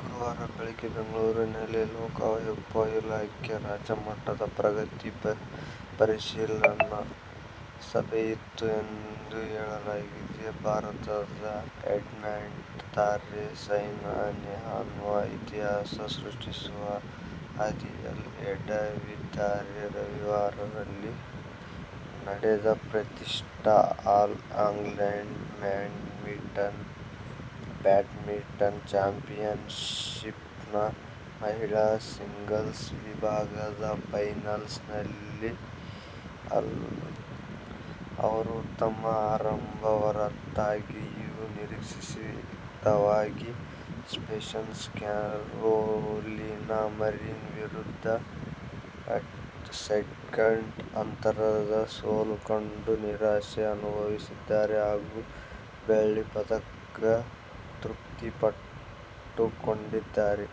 ಗುರುವಾರ ಬೆಳಗ್ಗೆ ಬೆಂಗಳೂರಲ್ಲಿ ಲೋಕೋಪಯೋಗಿ ಇಲಾಖೆಯ ರಾಜ್ಯಮಟ್ಟದ ಪ್ರಗತಿ ಪರಿಶೀಲನಾ ಸಭೆ ಇತ್ತು ಎಂದು ಹೇಳಲಾಗಿದೆ. ಭಾರತದ ಬ್ಯಾಡ್ಮಿಂಟನ್ ತಾರೆ ಸೈನಾ ನೆಹ್ವಾಲ್ ಇತಿಹಾಸ ಸೃಷ್ಟಿಸುವ ಹಾದಿಯಲ್ಲಿ ಎಡವಿದ್ದಾರೆ. ರವಿವಾರ ಇಲ್ಲಿ ನಡೆದ ಪ್ರತಿಷ್ಠಿತ ಆಲ್ ಇಂಗ್ಲೆಂಡ್ ಬ್ಯಾಡ್ಮಿಂಟನ್ ಚಾಂಪಿಯನ್ಶಿಪ್ನ ಮಹಿಳಾ ಸಿಂಗಲ್ಸ್ ವಿಭಾಗದ ಫೈನಲ್ನಲ್ಲಿ ಅವರು ಉತ್ತಮ ಆರಂಭದ ಹೊರತಾಗಿಯೂ ಅನಿರೀಕ್ಷಿತವಾಗಿ ಸ್ಪೇನ್ನ ಕ್ಯಾರೋಲಿನಾ ಮರಿನ್ ವಿರುದ್ಧ, ಸೆಟ್ಗಳ ಅಂತರದ ಸೋಲು ಕಂಡು ನಿರಾಶೆ ಅನುಭವಿಸಿದ್ದಾರೆ ಹಾಗೂ ಬೆಳ್ಳಿ ಪದಕಕ್ಕೆ ತೃಪ್ತಿಪಟ್ಟುಕೊಂಡಿದ್ದಾರೆ.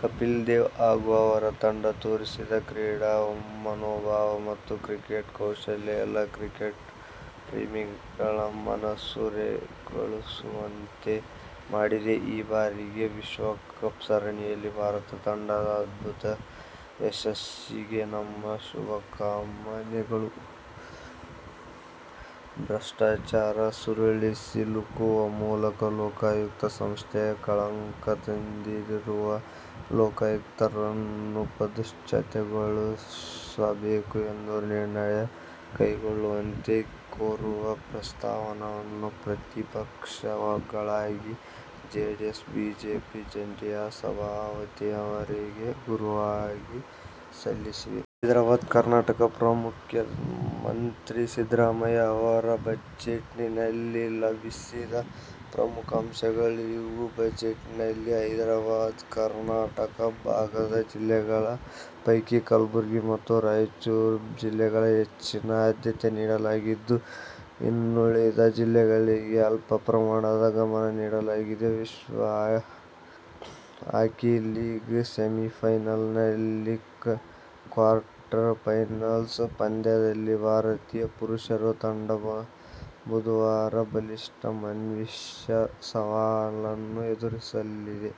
"ಕಪಿಲ್ದೇವ್ ಹಾಗೂ ಅವರ ತಂಡ ತೋರಿಸಿದ ಕ್ರೀಡಾ ಮನೋಭಾವ ಮತ್ತು ಕ್ರಿಕೆಟ್ ಕೌಶಲ ಎಲ್ಲ ಕ್ರಿಕೆಟ್ ಪ್ರೇಮಿಗಳ ಮನಸೂರೆಗೊಳ್ಳುವಂತೆ ಮಾಡಿದೆ. ಈ ಬಾರಿಯ ವಿಶ್ವಕಪ್ ಸರಣಿಯಲ್ಲಿ ಭಾರತ ತಂಡದ ಅದ್ಭುತ ಯಶಸ್ಸಿಗೆ ನಮ್ಮ ಶುಭಕಾಮನೆಗಳು' ಭ್ರಷ್ಟಾಚಾರದ ಸುಳಿಗೆ ಸಿಲುಕುವ ಮೂಲಕ ಲೋಕಾಯುಕ್ತ ಸಂಸ್ಥೆಗೆ ಕಳಂಕ ತಂದಿರುವ ಲೋಕಾಯುಕ್ತರನ್ನು ಪದಚ್ಯುತಗೊಳಿಸಬೇಕು ಎಂಬ ನಿರ್ಣಯ ಕೈಗೊಳ್ಳುವಂತೆ ಕೋರುವ ಪ್ರಸ್ತಾಪವನ್ನು ಪ್ರತಿಪಕ್ಷಗಳಾದ ಜೆಡಿಎಸ್-ಬಿಜೆಪಿ ಜಂಟಿಯಾಗಿ ಸಭಾಪತಿಯವರಿಗೆ ಗುರುವಾರ ಸಲ್ಲಿಸಿವೆ. ಹೈದರಾಬಾದ್-ಕರ್ನಾಟಕಕ್ಕೆ ಮುಖ್ಯಮಂತ್ರಿ ಸಿದ್ದರಾಮಯ್ಯ ಅವರ ಬಜೆಟ್ನಲ್ಲಿ ಲಭಿಸಿದ ಪ್ರಮುಖ ಅಂಶಗಳಿವು. ಬಜೆಟ್ನಲ್ಲಿ ಹೈದರಾ ಬಾದ್ ಕರ್ನಾಟಕ ಭಾಗದ ಜಿಲ್ಲೆಗಳ ಪೈಕಿ ಕಲಬುರಗಿ ಮತ್ತು ರಾಯಚೂರು ಜಿಲ್ಲೆಗೆ ಹೆಚ್ಚಿನ ಆದ್ಯತೆ ನೀಡಲಾಗಿದ್ದು, ಇನ್ನುಳಿದ ಜಿಲ್ಲೆಗಳಿಗೆ ಅಲ್ಪಪ್ರಮಾಣದ ಗಮನ ನೀಡಲಾಗಿದೆ. "ವಿಶ್ವ ಹಾಕಿ ಲೀಗ್ ಸೆಮಿಫೈನಲ್ಸ್'ನ ಕ್ವಾರ್ಟರ್ ಫೈನಲ್ ಪಂದ್ಯದಲ್ಲಿ ಭಾರತೀಯ ಪುರುಷರ ತಂಡ ಬುಧವಾರ ಬಲಿಷ್ಠ ಮಲೇಶ್ಯಾ ಸವಾಲನ್ನು ಎದುರಿಸಲಿದೆ.